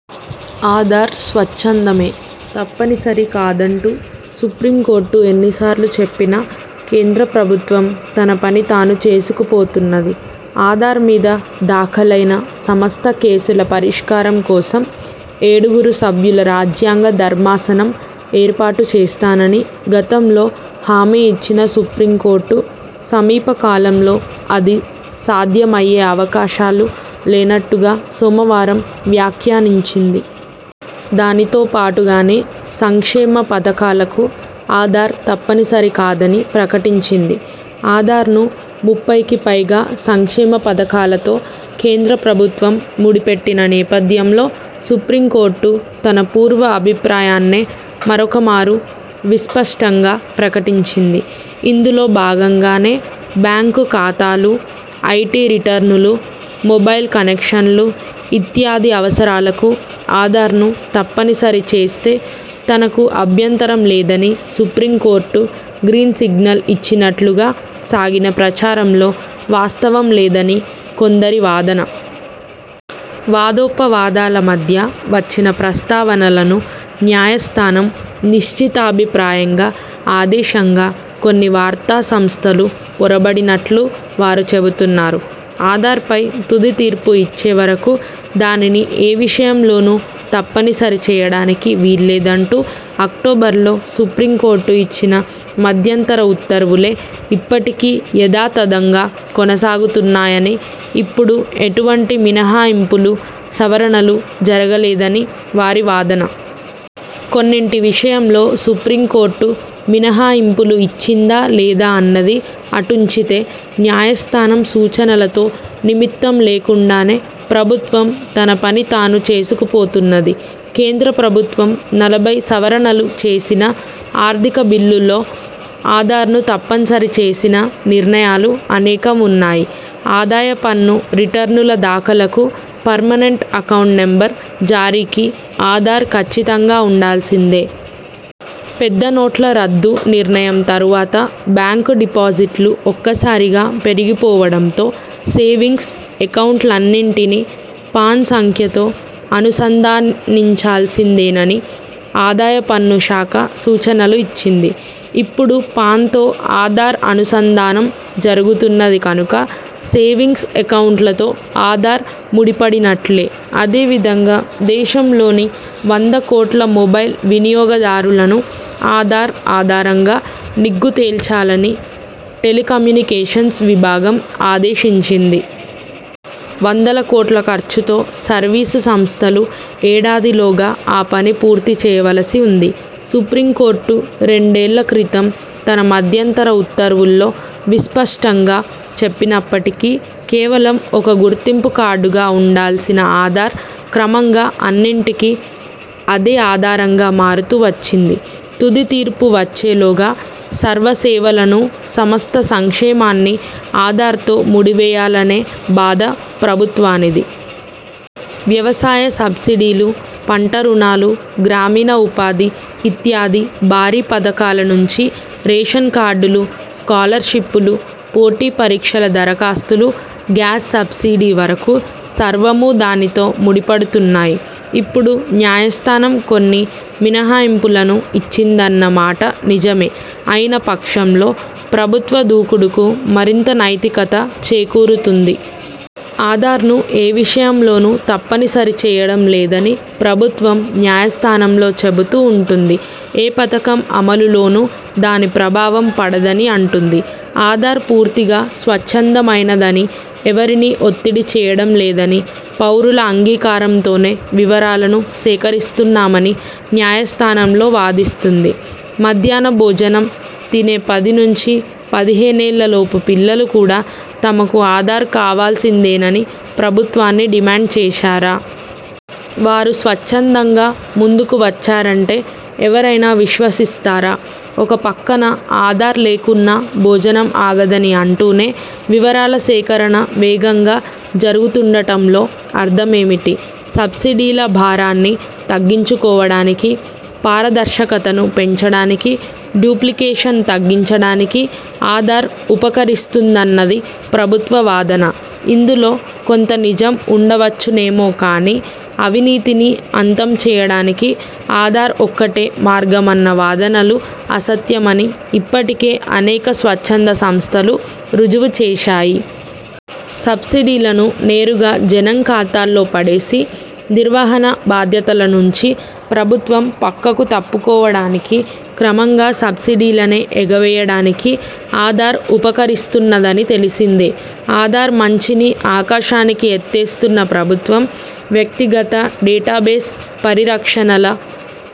ఆధార్ స్వచ్ఛందమే, తప్పనిసరి కాదంటూ సుప్రీంకోర్టు ఎన్నిసార్లు చెప్పినా, కేంద్ర ప్రభుత్వం తన పని తాను చేసుకుపోతున్నది. ఆధార్ మీద దాఖలైన సమస్త కేసుల పరిష్కారం కోసం ఏడుగురు సభ్యుల రాజ్యాంగ ధర్మాసనం ఏర్పాటు చేస్తానని గతంలో హామీ ఇచ్చిన సుప్రీంకోర్టు, సమీపకాలంలో అది సాధ్యమయ్యే అవకాశాలు లేనట్టుగా సోమవారం వ్యాఖ్యానించింది. దానితోపాటుగానే, సంక్షేమ పథకాలకు ఆధార్ తప్పనిసరి కాదని ప్రకటించింది. ఆధార్‌ను ముప్పైకిపైగా సంక్షేమ పథకాలతో కేంద్ర ప్రభుత్వం ముడిపెట్టిన నేపథ్యంలో సుప్రీంకోర్టు తన పూర్వ అభిప్రాయాన్నే మరొకమారు విస్పష్టంగా ప్రకటించింది. ఇందులో భాగంగానే, బ్యాంకు ఖాతాలు, ఐటీ రిటర్నులు, మొబైల్ కనెక్షన్లు ఇత్యాది అవసరాలకు ఆధార్‌ను తప్పనిసరి చేస్తే తనకు అభ్యంతరం లేదని సుప్రీంకోర్టు గ్రీన్ సిగ్నల్ ఇచ్చినట్లుగా సాగిన ప్రచారంలో వాస్తవం లేదని కొందరి వాదన. వాదోపవాదాల మధ్య వచ్చిన ప్రస్తావనలను న్యాయస్థానం నిశ్చితాభిప్రాయంగా, ఆదేశంగా కొన్ని వార్తాసంస్థలు పొరబడినట్లు వారు చెబుతున్నారు. ఆధార్‌పై తుదితీర్పు ఇచ్చేవరకూ దానిని ఏ విషయంలోనూ తప్పనిసరి చేయడానికి వీల్లేదంటూ అక్టోబర్లో సుప్రీంకోర్టు ఇచ్చిన మధ్యంతర ఉత్తర్వులే ఇప్పటికీ యథాతథంగా కొనసాగుతున్నాయనీ, ఇప్పుడు ఎటువంటి మినహాయింపులూ, సవరణలు జరగలేదని వారి వాదన. కొన్నింటి విషయంలో సుప్రీంకోర్టు మినహాయింపులు ఇచ్చిందా లేదా అన్నది అటుంచితే, న్యాయస్థానం సూచనలతో నిమిత్తం లేకుండానే ప్రభుత్వం తన పని తాను చేసుకుపోతున్నది. కేంద్ర ప్రభుత్వం నలభై సవరణలు చేసిన ఆర్థిక బిల్లులో ఆధార్‌ను తప్పనిసరి చేసిన నిర్ణయాలు అనేకం ఉన్నాయి. ఆదాయపన్ను రిటర్నుల దాఖలుకు, పర్మనెంట్ అకౌంట్ నెంబర్ జారీకి ఆధార్ కచ్చితంగా ఉండాల్సిందే. పెద్దనోట్ల రద్దు నిర్ణయం తరువాత బ్యాంకు డిపాజిట్లు ఒక్కసారిగా పెరిగిపోవడంతో, సేవింగ్స్ ఎకౌంట్లన్నింటినీ పాన్ సంఖ్యతో అనుసంధానించాల్సిందేనని ఆదాయపన్ను శాఖ సూచనలు ఇచ్చింది. ఇప్పుడు పాన్‌తో ఆధార్ అనుసంధానం జరుగుతున్నది కనుక సేవింగ్స్ ఎకౌంట్లతో ఆధార్ ముడిపడినట్లే. అదేవిధంగా, దేశంలోని వంద కోట్ల మొబైల్ వినియోగదారులను ఆధార్ ఆధారంగా నిగ్గుతేల్చాలని టెలికమ్యూనికేషన్స్ విభాగం ఆదేశించింది. వందల కోట్ల ఖర్చుతో సర్వీసు సంస్థలు ఏడాదిలోగా ఆ పని పూర్తిచేయవలసి ఉంది. సుప్రీంకోర్టు రెండేళ్ల క్రితం తన మధ్యంతర ఉత్తర్వుల్లో విస్పష్టంగా చెప్పినప్పటికీ, కేవలం ఒక గుర్తింపు కార్డుగా ఉండాల్సిన ఆధార్ క్రమంగా అన్నింటికీ అదే ఆధారంగా మారుతూ వచ్చింది. తుది తీర్పు వచ్చేలోగా సర్వసేవలనూ, సమస్త సంక్షేమాన్నీ ఆధార్‌తో ముడివేయాలనే బాధ ప్రభుత్వానిది. వ్యవసాయ సబ్సిడీలు, పంట రుణాలు, గ్రామీణ ఉపాధి ఇత్యాది భారీ పథకాల నుంచి, రేషన్ కార్డులు, స్కాలర్‌షిప్పులు, పోటీ పరీక్షల దరఖాస్తులు, గ్యాస్ సబ్సిడీ వరకూ సర్వమూ దానితో ముడిపడుతున్నాయి. ఇప్పుడు న్యాయస్థానం కొన్ని మినహాయింపులను ఇచ్చిందన్న మాట నిజమే అయిన పక్షంలో, ప్రభుత్వ దూకుడుకు మరింత నైతికత చేకూరుతుంది. ఆధార్‌ను ఏ విషయంలోనూ తప్పనిసరి చేయడం లేదని ప్రభుత్వం న్యాయస్థానంలో చెబుతూ ఉంటుంది. ఏ పథకం అమలులోనూ దాని ప్రభావం పడదని అంటుంది. ఆధార్ పూర్తిగా స్వచ్ఛందమైనదనీ, ఎవరినీ ఒత్తిడి చేయడంలేదనీ, పౌరుల అంగీకారంతోనే వివరాలను సేకరిస్తున్నామని న్యాయస్థానంలో వాదిస్తుంది. మధ్యాహ్న భోజనం తినే పది నుంచి పదిహేనేళ్లలోపు పిల్లలు కూడా తమకు ఆధార్ కావాల్సిందేనని ప్రభుత్వాన్ని డిమాండ్ చేశారా? వారు స్వచ్ఛందంగా ముందుకు వచ్చారంటే ఎవరైనా విశ్వసిస్తారా? ఒకపక్కన ఆధార్ లేకున్నా భోజనం ఆగదని అంటూనే, వివరాల సేకరణ వేగంగా జరుగుతుండటంలో అర్థమేమిటి? సబ్సిడీల భారాన్ని తగ్గించుకోవడానికీ, పారదర్శకతను పెంచడానికీ, డూప్లికేషన్ తగ్గించడానికి ఆధార్ ఉపకరిస్తుందన్నది ప్రభుత్వ వాదన. ఇందులో కొంత నిజం ఉండవచ్చునేమో కానీ, అవినీతిని అంతం చేయడానికి ఆధార్ ఒక్కటే మార్గమన్న వాదనలు అసత్యమని ఇప్పటికే అనేక స్వచ్ఛంద సంస్థలు రుజువుచేశాయి. సబ్సిడీలను నేరుగా జనం ఖాతాల్లో పడేసి, నిర్వహణ బాధ్యతలనుంచి ప్రభుత్వం పక్కకు తప్పుకోవడానికీ, క్రమంగా సబ్సిడీలనే ఎగవేయడానికీ ఆధార్ ఉపకరిస్తున్నదని తెలిసిందే. ఆధార్ మంచిని ఆకాశానికి ఎత్తేస్తున్న ప్రభుత్వం, వ్యక్తిగత, డేటాబేస్ పరిరక్షణల